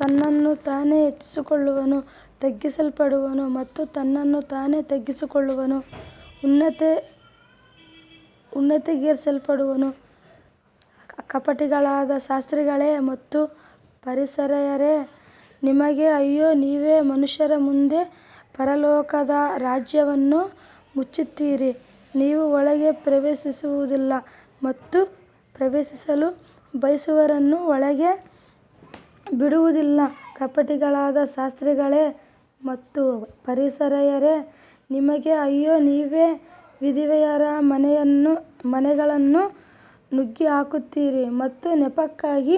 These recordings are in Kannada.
ತನ್ನನ್ನು ತಾನೇ ಹೆಚ್ಚಿಸಿಕೊಳ್ಳುವವನು ತಗ್ಗಿಸಲ್ಪಡುವನು ಮತ್ತು ತನ್ನನ್ನು ತಾನೇ ತಗ್ಗಿಸಿಕೊಳ್ಳುವವನು ಉನ್ನತಿಗೇರಿಸಲ್ಪಡುವನು. ಕಪಟಿಗಳಾದ ಶಾಸ್ತ್ರಿಗಳೇ ಮತ್ತು ಫರಿಸಾಯರೇ, ನಿಮಗೆ ಅಯ್ಯೋ, ನೀವು ಮನುಷ್ಯರ ಮುಂದೆ ಪರಲೋಕದ ರಾಜ್ಯವನ್ನು ಮುಚ್ಚುತ್ತೀರಿ. ನೀವು ಒಳಗೆ ಪ್ರವೇಶಿಸುವುದಿಲ್ಲ ಮತ್ತು ಪ್ರವೇಶಿಸಲು ಬಯಸುವವರನ್ನೂ ಒಳಗೆ ಬಿಡುವುದಿಲ್ಲ. ಕಪಟಿಗಳಾದ ಶಾಸ್ತ್ರಿಗಳೇ ಮತ್ತು ಫರಿಸಾಯರೇ, ನಿಮಗೆ ಅಯ್ಯೋ, ನೀವು ವಿಧವೆಯರ ಮನೆಗಳನ್ನು ನುಂಗಿಹಾಕುತ್ತೀರಿ ಮತ್ತು ನೆಪಕ್ಕಾಗಿ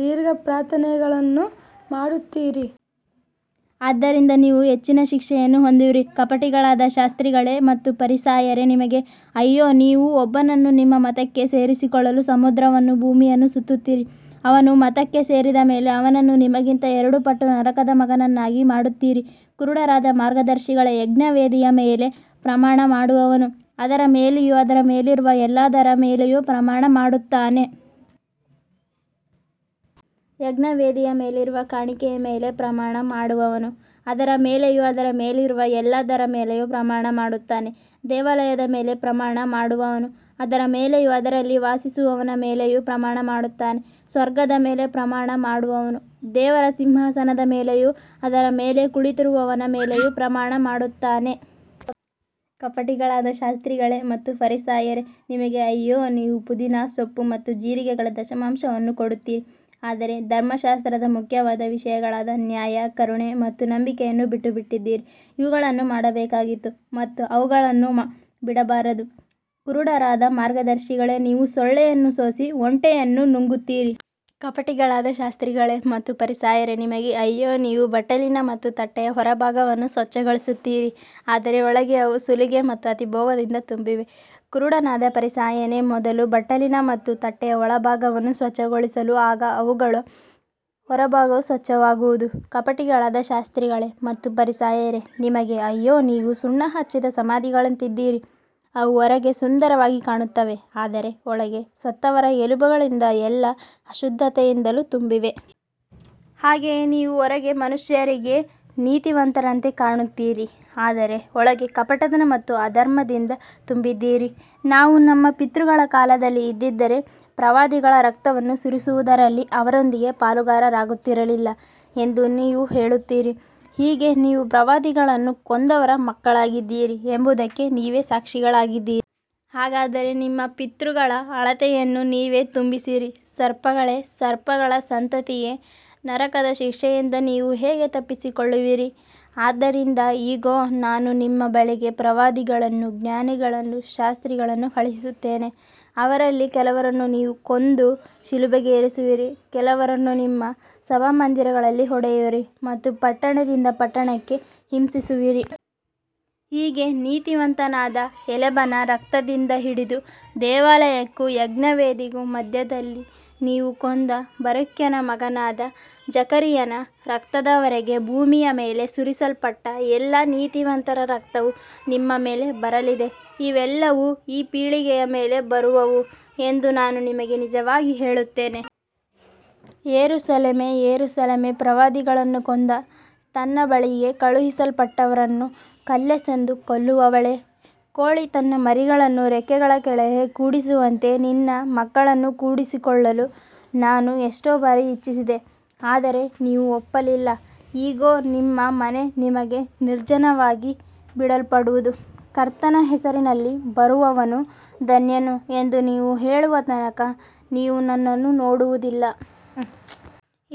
ದೀರ್ಘ ಪ್ರಾರ್ಥನೆಗಳನ್ನು ಮಾಡುತ್ತೀರಿ. ಆದ್ದರಿಂದ ನೀವು ಹೆಚ್ಚಿನ ಶಿಕ್ಷೆಯನ್ನು ಹೊಂದುವಿರಿ. ಕಪಟಿಗಳಾದ ಶಾಸ್ತ್ರಿಗಳೇ ಮತ್ತು ಫರಿಸಾಯರೇ, ನಿಮಗೆ ಅಯ್ಯೋ, ನೀವು ಒಬ್ಬನನ್ನು ನಿಮ್ಮ ಮತಕ್ಕೆ ಸೇರಿಸಿಕೊಳ್ಳಲು ಸಮುದ್ರವನ್ನೂ ಭೂಮಿಯನ್ನೂ ಸುತ್ತುತ್ತೀರಿ, ಅವನು ಮತಕ್ಕೆ ಸೇರಿದ ಮೇಲೆ ಅವನನ್ನು ನಿಮಗಿಂತ ಎರಡು ಪಟ್ಟು ನರಕದ ಮಗನನ್ನಾಗಿ ಮಾಡುತ್ತೀರಿ. ಕುರುಡರಾದ ಮಾರ್ಗದರ್ಶಿಗಳೇ, ಯಜ್ಞವೇದಿಯ ಮೇಲೆ ಪ್ರಮಾಣ ಮಾಡುವವನು ಅದರ ಮೇಲೆಯೂ ಅದರ ಮೇಲಿರುವ ಎಲ್ಲದರ ಮೇಲೆಯೂ ಪ್ರಮಾಣ ಮಾಡುತ್ತಾನೆ. ಯಜ್ಞವೇದಿಯ ಮೇಲಿರುವ ಕಾಣಿಕೆಯ ಮೇಲೆ ಪ್ರಮಾಣ ಮಾಡುವವನು ಅದರ ಮೇಲೆಯೂ ಅದರ ಮೇಲಿರುವ ಎಲ್ಲದರ ಮೇಲೆಯೂ ಪ್ರಮಾಣ ಮಾಡುತ್ತಾನೆ. ದೇವಾಲಯದ ಮೇಲೆ ಪ್ರಮಾಣ ಮಾಡುವವನು ಅದರ ಮೇಲೆಯೂ ಅದರಲ್ಲಿ ವಾಸಿಸುವವನ ಮೇಲೆಯೂ ಪ್ರಮಾಣ ಮಾಡುತ್ತಾನೆ. ಸ್ವರ್ಗದ ಮೇಲೆ ಪ್ರಮಾಣ ಮಾಡುವವನು ದೇವರ ಸಿಂಹಾಸನದ ಮೇಲೆಯೂ ಅದರ ಮೇಲೆ ಕುಳಿತಿರುವವನ ಮೇಲೆಯೂ ಪ್ರಮಾಣ ಮಾಡುತ್ತಾನೆ. ಕಪಟಿಗಳಾದ ಶಾಸ್ತ್ರಿಗಳೇ ಮತ್ತು ಫರಿಸಾಯರೇ, ನಿಮಗೆ ಅಯ್ಯೋ, ನೀವು ಪುದೀನ, ಸೋಂಪು ಮತ್ತು ಜೀರಿಗೆಗಳ ದಶಮಾಂಶವನ್ನು ಕೊಡುತ್ತೀರಿ, ಆದರೆ ಧರ್ಮಶಾಸ್ತ್ರದ ಮುಖ್ಯವಾದ ವಿಷಯಗಳಾದ ನ್ಯಾಯ, ಕರುಣೆ ಮತ್ತು ನಂಬಿಕೆಯನ್ನು ಬಿಟ್ಟುಬಿಟ್ಟಿದ್ದೀರಿ. ಇವುಗಳನ್ನು ಮಾಡಬೇಕಾಗಿತ್ತು ಮತ್ತು ಅವುಗಳನ್ನೂ ಬಿಡಬಾರದು. ಕುರುಡರಾದ ಮಾರ್ಗದರ್ಶಿಗಳೇ, ನೀವು ಸೊಳ್ಳೆಯನ್ನು ಸೋಸಿ ಒಂಟೆಯನ್ನು ನುಂಗುತ್ತೀರಿ. ಕಪಟಿಗಳಾದ ಶಾಸ್ತ್ರಿಗಳೇ ಮತ್ತು ಫರಿಸಾಯರೇ, ನಿಮಗೆ ಅಯ್ಯೋ, ನೀವು ಬಟ್ಟಲಿನ ಮತ್ತು ತಟ್ಟೆಯ ಹೊರಭಾಗವನ್ನು ಸ್ವಚ್ಛಗೊಳಿಸುತ್ತೀರಿ, ಆದರೆ ಒಳಗೆ ಅವು ಸುಲಿಗೆ ಮತ್ತು ಅತಿಭೋಗದಿಂದ ತುಂಬಿವೆ. ಕುರುಡನಾದ ಫರಿಸಾಯನೇ, ಮೊದಲು ಬಟ್ಟಲಿನ ಮತ್ತು ತಟ್ಟೆಯ ಒಳಭಾಗವನ್ನು ಸ್ವಚ್ಛಗೊಳಿಸು, ಆಗ ಅವುಗಳ ಹೊರಭಾಗವೂ ಸ್ವಚ್ಛವಾಗುವುದು. ಕಪಟಿಗಳಾದ ಶಾಸ್ತ್ರಿಗಳೇ ಮತ್ತು ಫರಿಸಾಯರೇ, ನಿಮಗೆ ಅಯ್ಯೋ, ನೀವು ಸುಣ್ಣ ಹಚ್ಚಿದ ಸಮಾಧಿಗಳಂತಿದ್ದೀರಿ, ಅವು ಹೊರಗೆ ಸುಂದರವಾಗಿ ಕಾಣುತ್ತವೆ, ಆದರೆ ಒಳಗೆ ಸತ್ತವರ ಎಲುಬುಗಳಿಂದಲೂ ಎಲ್ಲಾ ಅಶುದ್ಧತೆಯಿಂದಲೂ ತುಂಬಿವೆ. ಹಾಗೆಯೇ ನೀವು ಹೊರಗೆ ಮನುಷ್ಯರಿಗೆ ನೀತಿವಂತರಂತೆ ಕಾಣುತ್ತೀರಿ, ಆದರೆ ಒಳಗೆ ಕಪಟತನ ಮತ್ತು ಅಧರ್ಮದಿಂದ ತುಂಬಿದ್ದೀರಿ. ನಾವು ನಮ್ಮ ಪಿತೃಗಳ ಕಾಲದಲ್ಲಿ ಇದ್ದಿದ್ದರೆ ಪ್ರವಾದಿಗಳ ರಕ್ತವನ್ನು ಸುರಿಸುವುದರಲ್ಲಿ ಅವರೊಂದಿಗೆ ಪಾಲುಗಾರರಾಗುತ್ತಿರಲಿಲ್ಲ ಎಂದು ನೀವು ಹೇಳುತ್ತೀರಿ. ಹೀಗೆ ನೀವು ಪ್ರವಾದಿಗಳನ್ನು ಕೊಂದವರ ಮಕ್ಕಳಾಗಿದ್ದೀರಿ ಎಂಬುದಕ್ಕೆ ನೀವೇ ಸಾಕ್ಷಿಗಳಾಗಿದ್ದೀರಿ. ಹಾಗಾದರೆ ನಿಮ್ಮ ಪಿತೃಗಳ ಅಳತೆಯನ್ನು ನೀವೇ ತುಂಬಿಸಿರಿ. ಸರ್ಪಗಳೇ, ಸರ್ಪಗಳ ಸಂತತಿಯೇ, ನರಕದ ಶಿಕ್ಷೆಯಿಂದ ನೀವು ಹೇಗೆ ತಪ್ಪಿಸಿಕೊಳ್ಳುವಿರಿ. ಆದ್ದರಿಂದ ಇಗೋ, ನಾನು ನಿಮ್ಮ ಬಳಿಗೆ ಪ್ರವಾದಿಗಳನ್ನೂ ಜ್ಞಾನಿಗಳನ್ನೂ ಶಾಸ್ತ್ರಿಗಳನ್ನೂ ಕಳುಹಿಸುತ್ತೇನೆ. ಅವರಲ್ಲಿ ಕೆಲವರನ್ನು ನೀವು ಕೊಂದು ಶಿಲುಬೆಗೇರಿಸುವಿರಿ, ಕೆಲವರನ್ನು ನಿಮ್ಮ ಸಭಾಮಂದಿರಗಳಲ್ಲಿ ಹೊಡೆಯುವಿರಿ ಮತ್ತು ಪಟ್ಟಣದಿಂದ ಪಟ್ಟಣಕ್ಕೆ ಹಿಂಸಿಸುವಿರಿ. ಹೀಗೆ ನೀತಿವಂತನಾದ ಹೇಬೇಲನ ರಕ್ತದಿಂದ ಹಿಡಿದು ದೇವಾಲಯಕ್ಕೂ ಯಜ್ಞವೇದಿಗೂ ಮಧ್ಯದಲ್ಲಿ ನೀವು ಕೊಂದ ಬರಕ್ಯನ ಮಗನಾದ ಜಕರೀಯನ ರಕ್ತದವರೆಗೆ ಭೂಮಿಯ ಮೇಲೆ ಸುರಿಸಲ್ಪಟ್ಟ ಎಲ್ಲಾ ನೀತಿವಂತರ ರಕ್ತವು ನಿಮ್ಮ ಮೇಲೆ ಬರಲಿದೆ. ಇವೆಲ್ಲವೂ ಈ ಪೀಳಿಗೆಯ ಮೇಲೆ ಬರುವವು ಎಂದು ನಾನು ನಿಮಗೆ ನಿಜವಾಗಿ ಹೇಳುತ್ತೇನೆ. ಯೆರೂಸಲೇಮೇ, ಯೆರೂಸಲೇಮೇ, ಪ್ರವಾದಿಗಳನ್ನು ಕೊಂದು ತನ್ನ ಬಳಿಗೆ ಕಳುಹಿಸಲ್ಪಟ್ಟವರನ್ನು ಕಲ್ಲೆಸೆದು ಕೊಲ್ಲುವವಳೇ, ಕೋಳಿ ತನ್ನ ಮರಿಗಳನ್ನು ರೆಕ್ಕೆಗಳ ಕೆಳಗೆ ಕೂಡಿಸುವಂತೆ ನಿನ್ನ ಮಕ್ಕಳನ್ನು ಕೂಡಿಸಿಕೊಳ್ಳಲು ನಾನು ಎಷ್ಟೋ ಬಾರಿ ಇಚ್ಛಿಸಿದೆ, ಆದರೆ ನೀವು ಒಪ್ಪಲಿಲ್ಲ. ಇಗೋ, ನಿಮ್ಮ ಮನೆ ನಿಮಗೆ ನಿರ್ಜನವಾಗಿ ಬಿಡಲ್ಪಡುವುದು. ಕರ್ತನ ಹೆಸರಿನಲ್ಲಿ ಬರುವವನು ಧನ್ಯನು ಎಂದು ನೀವು ಹೇಳುವ ತನಕ ನೀವು ನನ್ನನ್ನು ನೋಡುವುದಿಲ್ಲ.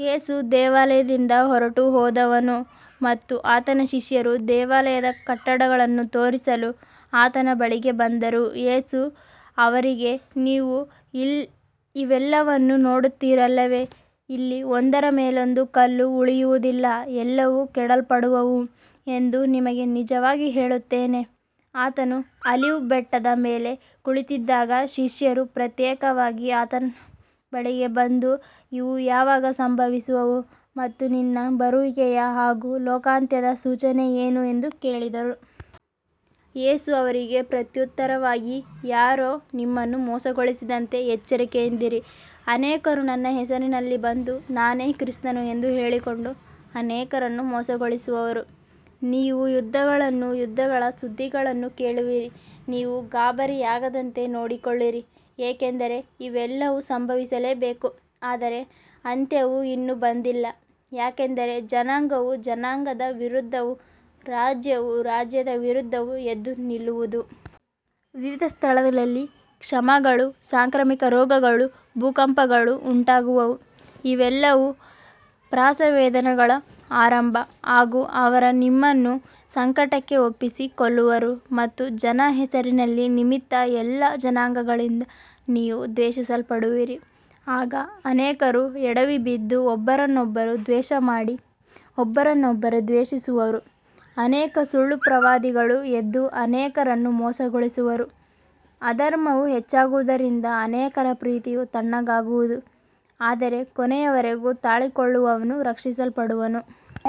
ಯೇಸು ದೇವಾಲಯದಿಂದ ಹೊರಟುಹೋದನು ಮತ್ತು ಆತನ ಶಿಷ್ಯರು ದೇವಾಲಯದ ಕಟ್ಟಡಗಳನ್ನು ತೋರಿಸಲು ಆತನ ಬಳಿಗೆ ಬಂದರು. ಯೇಸು ಅವರಿಗೆ, ನೀವು ಇವೆಲ್ಲವನ್ನೂ ನೋಡುತ್ತೀರಲ್ಲವೇ. ಇಲ್ಲಿ ಒಂದರ ಮೇಲೊಂದು ಕಲ್ಲು ಉಳಿಯುವುದಿಲ್ಲ, ಎಲ್ಲವೂ ಕೆಡವಲ್ಪಡುವವು ಎಂದು ನಿಮಗೆ ನಿಜವಾಗಿ ಹೇಳುತ್ತೇನೆ. ಆತನು ಆಲಿವ್ ಬೆಟ್ಟದ ಮೇಲೆ ಕುಳಿತಿದ್ದಾಗ ಶಿಷ್ಯರು ಪ್ರತ್ಯೇಕವಾಗಿ ಆತನ ಬಳಿಗೆ ಬಂದು, ಇವು ಯಾವಾಗ ಸಂಭವಿಸುವವು ಮತ್ತು ನಿನ್ನ ಬರುವಿಕೆಯ ಹಾಗೂ ಲೋಕಾಂತ್ಯದ ಸೂಚನೆ ಏನು ಎಂದು ಕೇಳಿದರು. ಯೇಸು ಅವರಿಗೆ ಪ್ರತ್ಯುತ್ತರವಾಗಿ, ಯಾರೂ ನಿಮ್ಮನ್ನು ಮೋಸಗೊಳಿಸದಂತೆ ಎಚ್ಚರಿಕೆಯಿಂದಿರಿ. ಅನೇಕರು ನನ್ನ ಹೆಸರಿನಲ್ಲಿ ಬಂದು, ನಾನೇ ಕ್ರಿಸ್ತನು ಎಂದು ಹೇಳಿಕೊಂಡು ಅನೇಕರನ್ನು ಮೋಸಗೊಳಿಸುವರು. ನೀವು ಯುದ್ಧಗಳನ್ನೂ ಯುದ್ಧಗಳ ಸುದ್ದಿಗಳನ್ನೂ ಕೇಳುವಿರಿ. ನೀವು ಗಾಬರಿಯಾಗದಂತೆ ನೋಡಿಕೊಳ್ಳಿರಿ, ಏಕೆಂದರೆ ಇವೆಲ್ಲವೂ ಸಂಭವಿಸಲೇಬೇಕು, ಆದರೆ ಅಂತ್ಯವು ಇನ್ನೂ ಬಂದಿಲ್ಲ. ಯಾಕಂದರೆ ಜನಾಂಗವು ಜನಾಂಗದ ವಿರುದ್ಧವೂ ರಾಜ್ಯವು ರಾಜ್ಯದ ವಿರುದ್ಧವೂ ಎದ್ದು ನಿಲ್ಲುವುದು. ವಿವಿಧ ಸ್ಥಳಗಳಲ್ಲಿ ಕ್ಷಾಮಗಳೂ ಸಾಂಕ್ರಾಮಿಕ ರೋಗಗಳೂ ಭೂಕಂಪಗಳೂ ಉಂಟಾಗುವವು. ಇವೆಲ್ಲವೂ ಪ್ರಸವವೇದನೆಗಳ ಆರಂಭ. ಆಗ ಅವರು ನಿಮ್ಮನ್ನು ಸಂಕಟಕ್ಕೆ ಒಪ್ಪಿಸಿ ಕೊಲ್ಲುವರು ಮತ್ತು ನನ್ನ ಹೆಸರಿನ ನಿಮಿತ್ತ ಎಲ್ಲಾ ಜನಾಂಗಗಳಿಂದ ನೀವು ದ್ವೇಷಿಸಲ್ಪಡುವಿರಿ. ಆಗ ಅನೇಕರು ಎಡವಿಬಿದ್ದು ಒಬ್ಬರನ್ನೊಬ್ಬರು ದ್ರೋಹಮಾಡಿ ಒಬ್ಬರನ್ನೊಬ್ಬರು ದ್ವೇಷಿಸುವರು. ಅನೇಕ ಸುಳ್ಳು ಪ್ರವಾದಿಗಳು ಎದ್ದು ಅನೇಕರನ್ನು ಮೋಸಗೊಳಿಸುವರು. ಅಧರ್ಮವು ಹೆಚ್ಚಾಗುವುದರಿಂದ ಅನೇಕರ ಪ್ರೀತಿಯು ತಣ್ಣಗಾಗುವುದು. ಆದರೆ ಕೊನೆಯವರೆಗೂ ತಾಳಿಕೊಳ್ಳುವವನು ರಕ್ಷಿಸಲ್ಪಡುವನು.